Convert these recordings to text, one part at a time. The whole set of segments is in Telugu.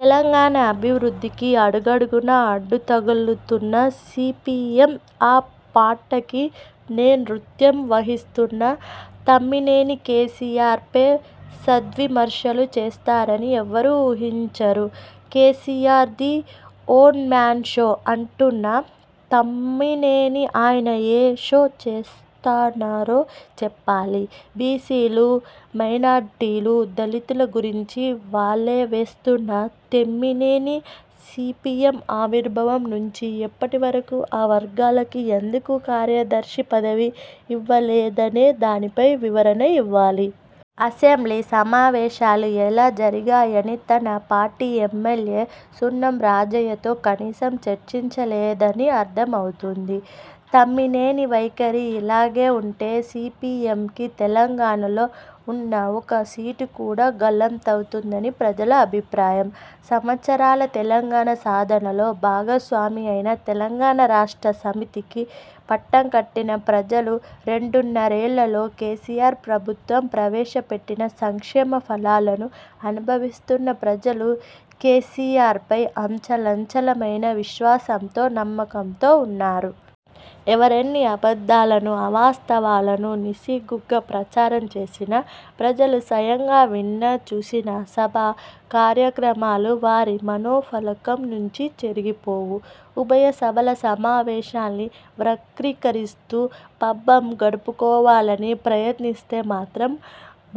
తెలంగాణ అభివృద్ధికి అడుగడుగునా అడ్డుతగులుతున్న సీపీఎం, ఆ పార్టీకి నేతృత్వం వహిస్తున్న తమ్మినేని, కేసీఆర్పై సద్విమర్శలు చేస్తారని ఎవరూ ఊహించరు. కేసీఆర్ది 'ఒన్ మ్యాన్ షో' అంటున్న తమ్మినేని ఆయన ఏ షో చేస్తున్నారో చెప్పాలి. బీసీలు, మైనార్టీలు, దళితుల గురించి వల్లెవేస్తున్న తమ్మినేని సీపీఎం ఆవిర్భావం నుంచి ఇప్పటి వరకు ఆ వర్గాలకి ఎందుకు కార్యదర్శి పదవి ఇవ్వలేదనే దానిపై వివరణ ఇవ్వాలి. అసెంబ్లీ సమావేశాలు ఎలా జరిగాయని తన పార్టీ ఎమ్మెల్యే సున్నం రాజయ్యతో కనీసం చర్చించలేదని అర్థం అవుతుంది. తమ్మినేని వైఖరి ఇలాగే ఉంటే సీపీఎంకి తెలంగాణలో ఉన్న ఒక్క సీటు కూడా గల్లంతవుతదని ప్రజల అభిప్రాయం. సంవత్సరాల తెలంగాణ సాధనలో భాగస్వామియైన 'తెలంగాణ రాష్ట్ర సమితి'కి పట్టంకట్టిన ప్రజలు, రెండున్నరేళ్లలో కేసీఆర్ ప్రభుత్వం ప్రవేశపెట్టిన సంక్షేమ ఫలాలను అనుభవిస్తున్న ప్రజలు కేసీఆర్పై అచంచలమైన విశ్వాసంతో, నమ్మకంతో ఉన్నారు. ఎవరెన్ని అబద్ధాలనూ, అవాస్తవాలనూ నిస్సిగ్గుగా ప్రచారం చేసినా, ప్రజలు స్వయంగా విన్న, చూసిన సభా కార్యక్రమాలు వారి మనోఫలకం నుంచి చెరిగిపోవు. ఉభయ సభల సమావేశాల్ని వక్రీకరిస్తూ పబ్బం గడుపుకోవాలని ప్రయత్నిస్తే మాత్రం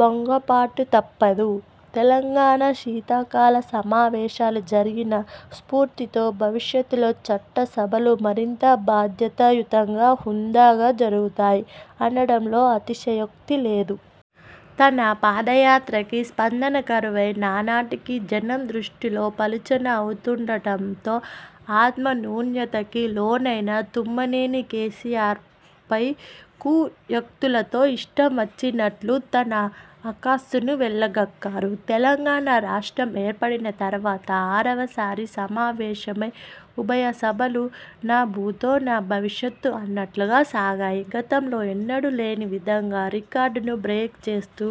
భంగపాటు తప్పదు. తెలంగాణ శీతాకాల సమావేశాలు జరిగిన స్ఫూర్తితో భవిష్యత్తులో చట్ట సభలు మరింత బాధ్యతాయుతంగా, హుందాగా జరుగుతాయి అనడంలో అతిశయోక్తి లేదు. తన పాదయాత్రకి స్పందన కరువై నానాటికీ జనం దృష్టిలో పలుచన అవుతుండటంతో ఆత్మన్యూనతకి లోనైన తమ్మినేని కేసీఆర్పై కుయుక్తులతో ఇష్టం వచ్చినట్లు తన అక్కసును వెళ్లగక్కారు. తెలంగాణ రాష్ట్రం ఏర్పడిన తరువాత ఆరవసారి సమావేశమైన ఉభయసభలు నభూతో నభవిష్యత్ అన్నట్లుగా సాగాయి. గతంలో ఎన్నడూలేని విధంగా రికార్డును బ్రేక్ చేస్తూ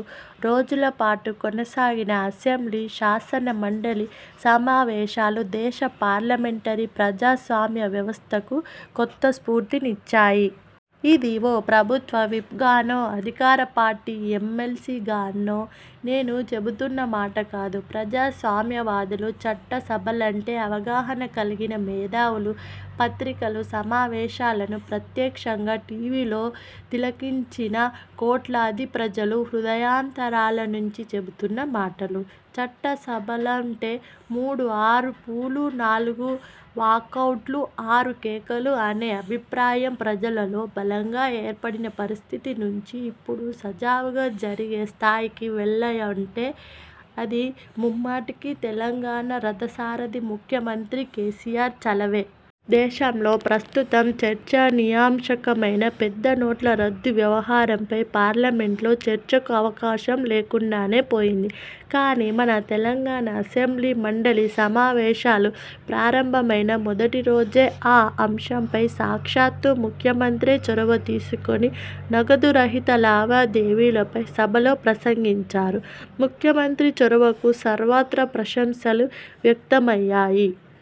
రోజుల పాటు కొనసాగిన అసెంబ్లీ, శాసనమండలి సమావేశాలు దేశ పార్లమెంటరీ ప్రజాస్వామ్య వ్యవస్థకు కొత్త స్ఫూర్తినిచ్చాయి. ఇది ఓ ప్రభుత్వ విప్గానో, అధికార పార్టీ ఎమ్మెల్సీగానో నేను చెబుతున్న మాటకాదు. ప్రజాస్వామ్యవాదులు, చట్టసభలంటే అవగాహన కల్గిన మేధావులు, పత్రికలు, సమావేశాలను ప్రత్యక్షంగా టీవీలో తిలకించిన కోట్లాదిప్రజలు హృదయాంతరాల నుంచి చెబుతున్న మాటలు. చట్టసభలంటే మూడుఅరుపులు, నాలుగు వాకౌట్లు, ఆరు కేకలు అనే అభిప్రాయం ప్రజలలో బలంగా ఏర్పడిన పరిస్థితి నుంచి ఇప్పుడు సజావుగా జరిగే స్థాయికి వెళ్ళాయంటే అది ముమ్మాటికీ తెలంగాణ రథసారథి ముఖ్యమంత్రి కేసీఆర్ చలవే. దేశంలో ప్రస్తుతం చర్చనీయాంశమైన పెద్ద నోట్ల రద్దు వ్యవహారంపై పార్లమెంట్లో చర్చకు అవకాశం లేకుండానే పొయింది. కానీ మన తెలంగాణ అసెంబ్లీ, మండలి సమావేశాలు ప్రారంభమైన మొదటిరోజే ఆ అంశంపై సాక్షాత్తూ ముఖ్యమంత్రే చొరవ తీసుకుని నగదురహిత లావాదేవీలపై సభలో ప్రసంగించారు. ముఖ్యమంత్రి చొరవకు సర్వత్రా ప్రశంసలు వ్యక్తమయ్యాయి.